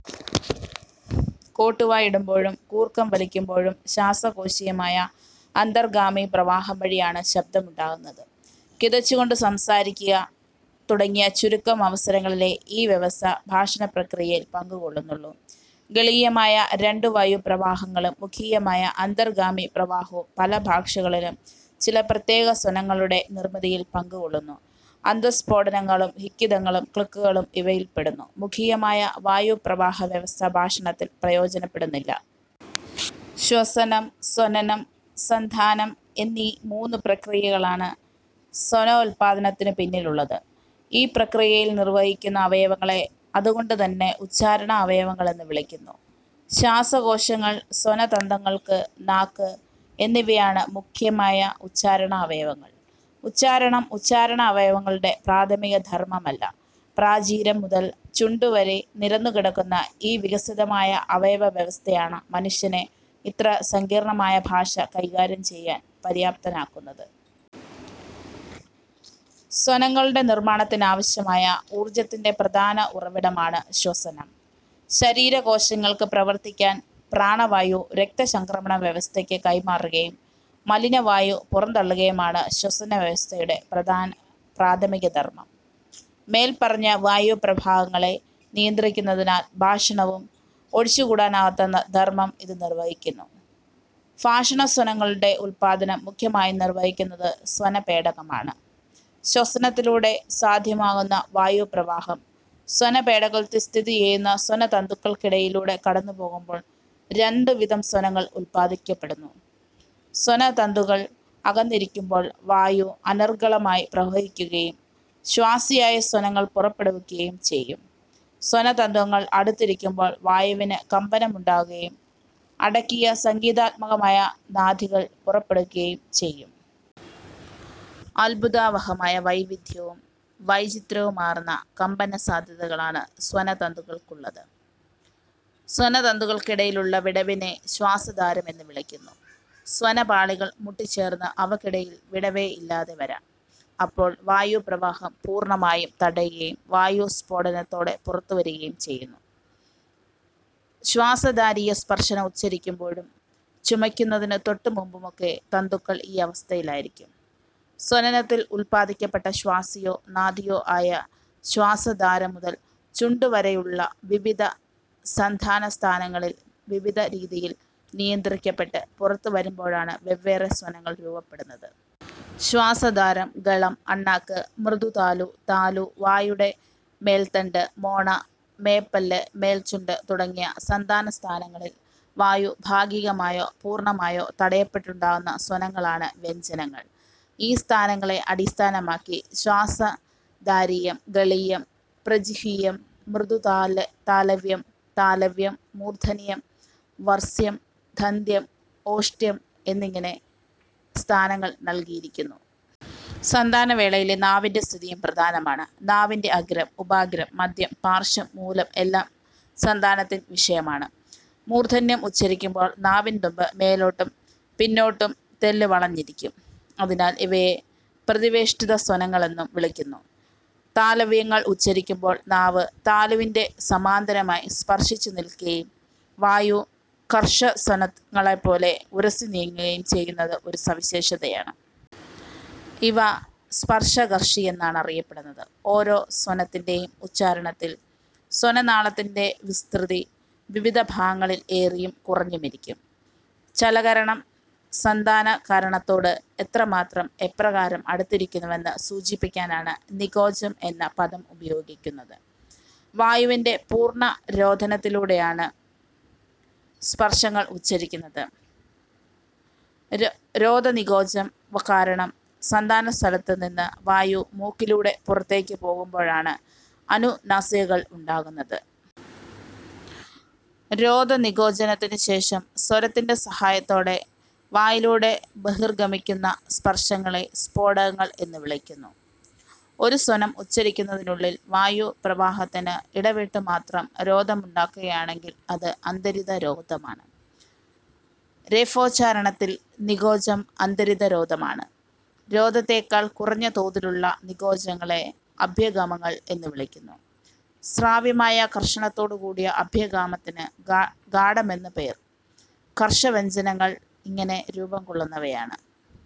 കോട്ടുവായിടുമ്പോഴും കൂർക്കംവലിക്കുമ്പോഴും ശ്വാസകോശീയമായ അന്തർഗാമിപ്രവാഹംവഴിയാണ് ശബ്ദമുണ്ടാകുന്നത്. കിതച്ചുകൊണ്ടു സംസാരിക്കുക, തുടങ്ങിയ ചുരുക്കം അവസരങ്ങളിലേ ഈ വ്യവസ്ഥ ഭാഷണപ്രക്രിയയിൽ പങ്കുകൊള്ളുന്നുള്ളൂ. ഗളീയമായ രണ്ടു വായുപ്രവാഹങ്ങളും മുഖീയമായ അന്തർഗാമിപ്രവാഹവും പല ഭാഷകളിലും ചില പ്രത്യേകസ്വനങ്ങളുടെ നിർമ്മിതിയിൽ പങ്കുകൊള്ളുന്നു. അന്തസ്ഫോടങ്ങളും ഹിക്കിതങ്ങളും ക്ലിക്കുകളും ഇവയിൽപ്പെടുന്നു. മുഖീയമായ വായുപ്രവാഹവ്യവസ്ഥ ഭാഷണത്തിൽ പ്രയോജനപ്പെടുന്നില്ല. ശ്വസനം, സ്വനനം, സന്ധാനം എന്നീ മൂന്നു പ്രക്രിയകളാണ് സ്വനോല്പാദനത്തിനു പിന്നിലുള്ളത്. ഈ പ്രക്രിയകൾ നിർവ്വഹിക്കുന്ന അവയവങ്ങളെ അതുകൊണ്ടുതന്നെ ഉച്ചാരണാവയവങ്ങൾ എന്നു വിളിക്കുന്നു. ശ്വാസകോശങ്ങൾ, സ്വനതന്തുക്കൾ, നാക്ക് എന്നിവയാണ് മുഖ്യമായ ഉച്ചാരണാവയവങ്ങൾ. ഉച്ചാരണം ഉച്ചാരണാവയവങ്ങളുടെ പ്രാഥമികധർമ്മമല്ല. പ്രാചീരം മുതൽ ചുണ്ടുവരെ നിരന്നുകിടക്കുന്ന ഈ വികസിതമായ അവയവവ്യവസ്ഥയാണ് മനുഷ്യനെ ഇത്ര സങ്കീർണ്ണമായ ഭാഷ കൈകാര്യം ചെയ്യാൻ പര്യാപ്തനാക്കുന്നത്. സ്വനങ്ങളുടെ നിർമ്മാണത്തിനാവശ്യമായ ഊർജ്ജത്തിന്റെ പ്രധാന ഉറവിടമാണ് ശ്വസനം. ശരീരകോശങ്ങൾക്ക് പ്രവർത്തിക്കാൻ പ്രാണവായു രക്തചംക്രമണവ്യവസ്ഥയ്ക്ക് കൈമാറുകയും മലിനവായു പുറംതള്ളുകയുമാണ് ശ്വസനവ്യവസ്ഥയുടെ പ്രാഥമികധർമ്മം. മേൽപ്പറഞ്ഞ വായുപ്രവാഹങ്ങളെ നിയന്ത്രിക്കുന്നതിനാൽ ഭാഷണത്തിലും ഒഴിച്ചുകൂടാനാവാത്ത ധർമ്മം ഇത് നിർവ്വഹിക്കുന്നു. ഭാഷണസ്വനങ്ങളുടെ ഉല്പാദനം മുഖ്യമായും നിർവ്വഹിക്കുന്നത് സ്വനപേടകമാണ്. ശ്വസനത്തിലൂടെ സാധ്യമാകുന്ന വായുപ്രവാഹം സ്വനപേടകത്തിൽ സ്ഥിതി ചെയ്യുന്ന സ്വനതന്തുക്കൾക്കിടയിലൂടെ കടന്നുപോകുമ്പോൾ രണ്ടുവിധം സ്വനങ്ങൾ ഉല്പാദിക്കപ്പെടുന്നു: സ്വനതന്തുക്കൾ അകന്നിരിക്കുമ്പോൾ വായു അനർഗ്ഗളമായി പ്രവഹിക്കുകയും ശ്വാസിയായ സ്വനങ്ങൾ പുറപ്പെടുകയും ചെയ്യും; സ്വനതന്തുക്കൾ അടുത്തിരിക്കുമ്പോൾ വായുവിന് കമ്പനമുണ്ടാകുകയും അടക്കിയ സംഗീതാത്മകമായ നാദികൾ പുറപ്പെടുകയും ചെയ്യുന്നു. അത്ഭുതാവഹമായ വൈവിധ്യവും വൈചിത്ര്യവുമാർന്ന കമ്പനസാധ്യതകളാണ് സ്വനതന്തുക്കൾക്കുള്ളത്. സ്വനതന്തുക്കൾക്കിടയിലുള്ള വിടവിനെ ശ്വാസദ്വാരം എന്നു വിളിക്കുന്നു. സ്വനപാളികൾ മുട്ടിച്ചേർന്ന് അവയ്ക്കിടയിൽ വിടവേയില്ലാതെ വരാം. അപ്പോൾ വായുപ്രവാഹം പൂർണ്ണമായും തടയപ്പെടുകയും വായു സ്ഫോടനത്തോടെ പുറത്തുവരികയും ചെയ്യുന്നു. ശ്വാസദ്വാരീയസ്പർശം ഉച്ചരിക്കുമ്പോഴും ചുമയ്ക്കുന്നതിനു തൊട്ടുമുൻപും ഒക്കെ തന്തുക്കൾ ഈ അവസ്ഥയിലായിരിക്കും. സ്വനനത്തിൽ ഉല്പാദിക്കപ്പെട്ട ശ്വാസിയോ നാദിയോ ആയ ശബ്ദം ശ്വാസദ്വാരം മുതൽ ചുണ്ടുവരെയുള്ള വിവിധ സന്ധാനസ്ഥാനങ്ങളിൽ വിവിധ രീതിയിൽ നിയന്ത്രിക്കപ്പെട്ട് പുറത്തെത്തുമ്പോഴാണ് വെവ്വേറെ സ്വനങ്ങൾ രൂപപ്പെടുന്നത്. ശ്വാസദ്വാരം, ഗളം, അണ്ണാക്ക്, മൃദുതാലു, താലു, വായുടെ മേൽത്തട്ട്, മോണ, മേൽപ്പല്ല്, മേൽച്ചുണ്ട് തുടങ്ങിയ സന്ധാനസ്ഥാനങ്ങളിൽ വായു ഭാഗികമായോ പൂർണ്ണമായോ തടയപ്പെട്ടുണ്ടാകുന്ന സ്വനങ്ങളാണ് വ്യഞ്ജനങ്ങൾ. ഈ സ്ഥാനങ്ങളെ അടിസ്ഥാനമാക്കി ശ്വാസദ്വാരീയം, ഗളീയം, പ്രജിഹ്വീയം, മൃദുതാലവ്യം, താലവ്യം, മൂർദ്ധന്യം, വർത്സ്യം, ദന്ത്യം, ഓഷ്ഠ്യം എന്നിങ്ങനെ സ്ഥാനങ്ങൾ നൽകിയിരിക്കുന്നു. സന്ധാനവേളയിലെ നാവിന്റെ സ്ഥിതിയും പ്രധാനമാണ്. നാവിന്റെ അഗ്രം, ഉപാഗ്രം, മദ്ധ്യം, പാർശ്വം, മൂലം എല്ലാം സന്ധാനത്തിൽ വിഷയമാണ്. മൂർദ്ധന്യം ഉച്ചരിക്കുമ്പോൾ നാവിൻതുമ്പ് മേലോട്ടും പിന്നോട്ടും തെല്ല് വളഞ്ഞിരിക്കും. അതിനാൽ ഇവയെ പ്രതിവേഷ്ടിതസ്വനങ്ങളെന്നും വിളിക്കുന്നു. താലവ്യങ്ങൾ ഉച്ചരിക്കുമ്പോൾ നാവ് താലുവിനു സമാന്തരമായി സ്പർശിച്ചുനിൽക്കുകയും വായു ഘർഷസ്വനങ്ങളെപ്പോലെ ഉരസിനീങ്ങുകയും ചെയ്യുന്നത് ഒരു സവിശേഷതയാണ്. ഇവ സ്പർശഘർഷി എന്നാണ് അറിയപ്പെടുന്നത്. ഓരോ സ്വനത്തിന്റെയും ഉച്ചാരണത്തിൽ സ്വനനാളത്തിന്റെ വിസ്തൃതി വിവിധ ഭാഗങ്ങളിൽ ഏറിയും കുറഞ്ഞുമിരിക്കും. ചലകരണം സന്ധാനകരണത്തോട് എത്രമാത്രം, എപ്രകാരം അടുത്തിരിക്കുന്നുവെന്ന് സൂചിപ്പിക്കാനാണ് 'നികോചം' എന്ന പദം ഉപയോഗിക്കുന്നത്. വായുവിന്റെ പൂർണ്ണരോധനത്തിലൂടെയാണ് സ്പർശങ്ങൾ ഉച്ചരിക്കുന്നത്. രോധനികോചം കാരണം സന്ധാനസ്ഥലത്തുനിന്ന് വായു മൂക്കിലൂടെ പുറത്തേക്ക് പോകുമ്പോഴാണ് അനുനാസികങ്ങൾ ഉണ്ടാകുന്നത്. രോധനികോചത്തിനുശേഷം സ്വരത്തിന്റെ സഹായത്തോടെ വായിലൂടെ ബഹിർഗമിക്കുന്ന സ്പർശങ്ങളെ സ്ഫോടകങ്ങൾ എന്നുവിളിക്കുന്നു. ഒരു സ്വനം ഉച്ചരിക്കുന്നതിനുള്ളിൽ വായുപ്രവാഹത്തിന് ഇടവിട്ടുമാത്രം രോധമുണ്ടാകുകയാണെങ്കിൽ അത് അന്തരിതരോധമാണ്. രേഫോച്ചാരണത്തിൽ നികോചം അന്തരിതരോധമാണ്. രോധത്തെക്കാൾ കുറഞ്ഞ തോതിലുള്ള നികോചങ്ങളെ അഭ്യാഗമങ്ങൾ എന്നുവിളിക്കുന്നു. ശ്രാവ്യമായ ഘർഷണത്തോടുകൂടിയ അഭ്യാഗമനത്തിന് ഗാഢമെന്നു പേർ. ഘർഷവ്യഞ്ജനങ്ങൾ ഇങ്ങനെ രൂപംകൊള്ളുന്നവയാണ്.